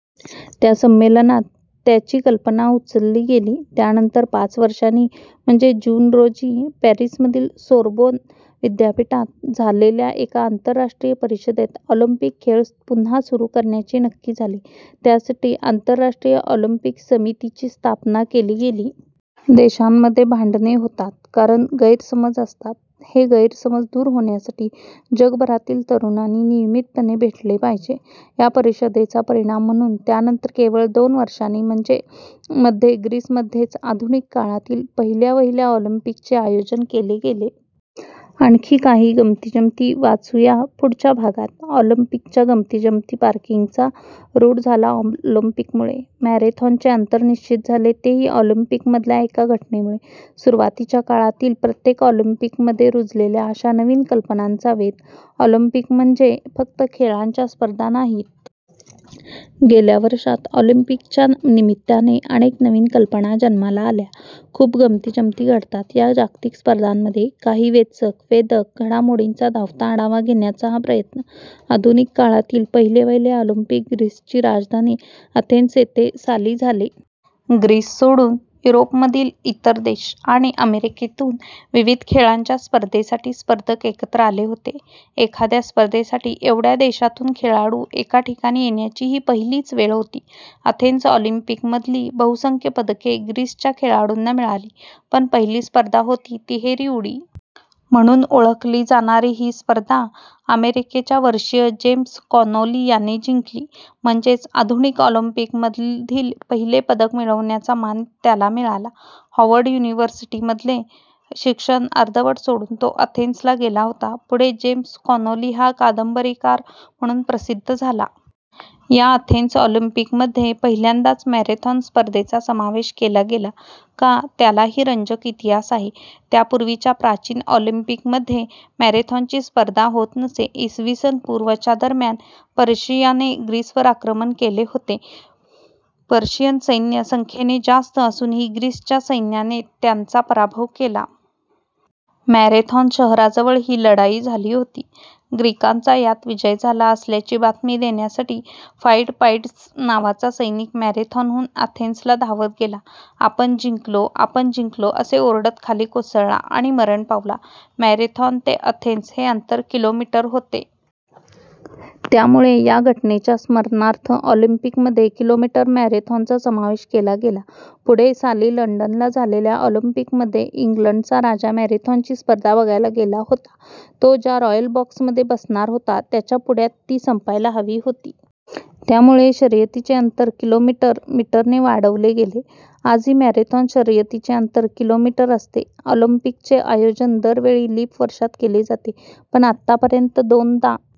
त्या संमेलनात त्याची कल्पना उचलली गेली. त्यानंतर पाच वर्षांनी म्हणजे जून रोजी पॅरिसमधील सोर्बोन विद्यापीठात झालेल्या एका आंतरराष्ट्रीय परिषदेत ऑलिम्पिक खेळ पुन्हा सुरू करण्याचे नक्की झाले. त्यासाठी आंतरराष्ट्रीय ऑलिम्पिक समितीची स्थापना केली गेली. देशांमध्ये भांडणे होतात, कारण गैरसमज असतात. हे गैरसमज दूर होण्यासाठी जगभरातील तरुणांनी नियमितपणे भेटले पाहिजे! या परिषदेचा परिणाम म्हणून त्यानंतर केवळ दोन वर्षांनी म्हणजे मध्ये ग्रीसमध्येच आधुनिक काळातील पहिल्यावहिल्या ऑलिम्पिकचे आयोजन केले गेले. आणखी काही गमतीजमती वाचू या पुढच्या भागात. ऑलिम्पिकच्या गमतीजमतीपार्किंगचा '' रूढ झाला ऑलिम्पिकमुळे. मॅरेथॉनचे अंतर निश्चित झाले तेही ऑलिम्पिकमधल्या एका घटनेमुळे. सुरुवातीच्या काळातील प्रत्येक ऑलिम्पिकमध्ये रुजलेल्या अशा नवीन कल्पनांचा वेध... ऑलिम्पिक म्हणजे फक्त खेळांच्या स्पर्धा नाहीत. गेल्या वर्षांत, ऑलिम्पिकच्या निमित्ताने अनेक नवीन कल्पना जन्माला आल्या. खूप गमती-जमती घडतात या जागतिक स्पर्धांमध्ये! काही वेचक, वेधक घडामोडींचा धावता आढावा घेण्याचा हा प्रयत्न- आधुनिक काळातील पहिले-वहिले ऑलिम्पिक ग्रीसची राजधानी अथेन्स येथे साली झाले. ग्रीस सोडून युरोपमधील इतर देश आणि अमेरिकेतून विविध खेळांच्या स्पर्धेसाठी स्पर्धक एकत्र आले होते. एखाद्या स्पर्धेसाठी एवढ्या देशांतून खेळाडू एका ठिकाणी येण्याची ही पहिलीच वेळ होती. अथेन्स ऑलिम्पिकमधली बहुसंख्य पदके ग्रीसच्या खेळाडूंना मिळाली, पण पहिली स्पर्धा होती, तिहेरी उडी. -- म्हणून ओळखली जाणारी ही स्पर्धा अमेरिकेच्या वर्षीय जेम्स कॉनोली याने जिंकली. म्हणजेच, आधुनिक ऑलिम्पिकमधील पहिले पदक मिळवण्याचा मान त्याला मिळाला. हॉवर्ड युनिव्हर्सिटीमधले शिक्षण अर्धवट सोडून तो अथेन्सला गेला होता. पुढे जेम्स कॉनोली हा कादंबरीकार म्हणून प्रसिद्ध झाला. या अथेन्स ऑलिम्पिकमध्ये पहिल्यांदाच मॅरेथॉन स्पर्धेचा समावेश केला गेला. का, त्यालाही रंजक इतिहास आहे. त्यापूर्वीच्या प्राचीन ऑलिम्पिकमध्ये मॅरेथॉनची स्पर्धा होत नसे. इ. स. पूर्व च्या दरम्यान पर्शियाने ग्रीसवर आक्रमण केले होते. पर्शियन सैन्य संख्येने जास्त असूनही ग्रीसच्या सैन्याने त्यांचा पराभव केला. मॅरेथॉन शहराजवळ ही लढाई झाली होती. ग्रीकांचा यात विजय झाला असल्याची बातमी देण्यासाठी फाइडपाइड्स नावाचा सैनिक मॅरेथॉनहून अथेन्सला धावत गेला. 'आपण जिंकलो, आपण जिंकलो' असे ओरडत खाली कोसळला आणि मरण पावला. मॅरेथॉन ते अथेन्स हे अंतर किलोमीटर होते. त्यामुळे या घटनेच्या स्मरणार्थ ऑलिम्पिकमध्ये किलोमीटर मॅरेथॉनचा समावेश केला गेला. पुढे साली लंडनला झालेल्या ऑलिम्पिकमध्ये इंग्लंडचा राजा मॅरेथॉनची स्पर्धा बघायला गेला होता. तो ज्या रॉयल बॉक्समध्ये बसणार होता, त्याच्या पुढ्यात ती संपायला हवी होती. त्यामुळे शर्यतीचे अंतर किलोमीटर मीटरने वाढवले गेले. आजही मॅरेथॉन शर्यतीचे अंतर किलोमीटर असते. ऑलिम्पिकचे आयोजन दर वेळी लीप वर्षात केले जाते. पण आत्तापर्यंत दोनदा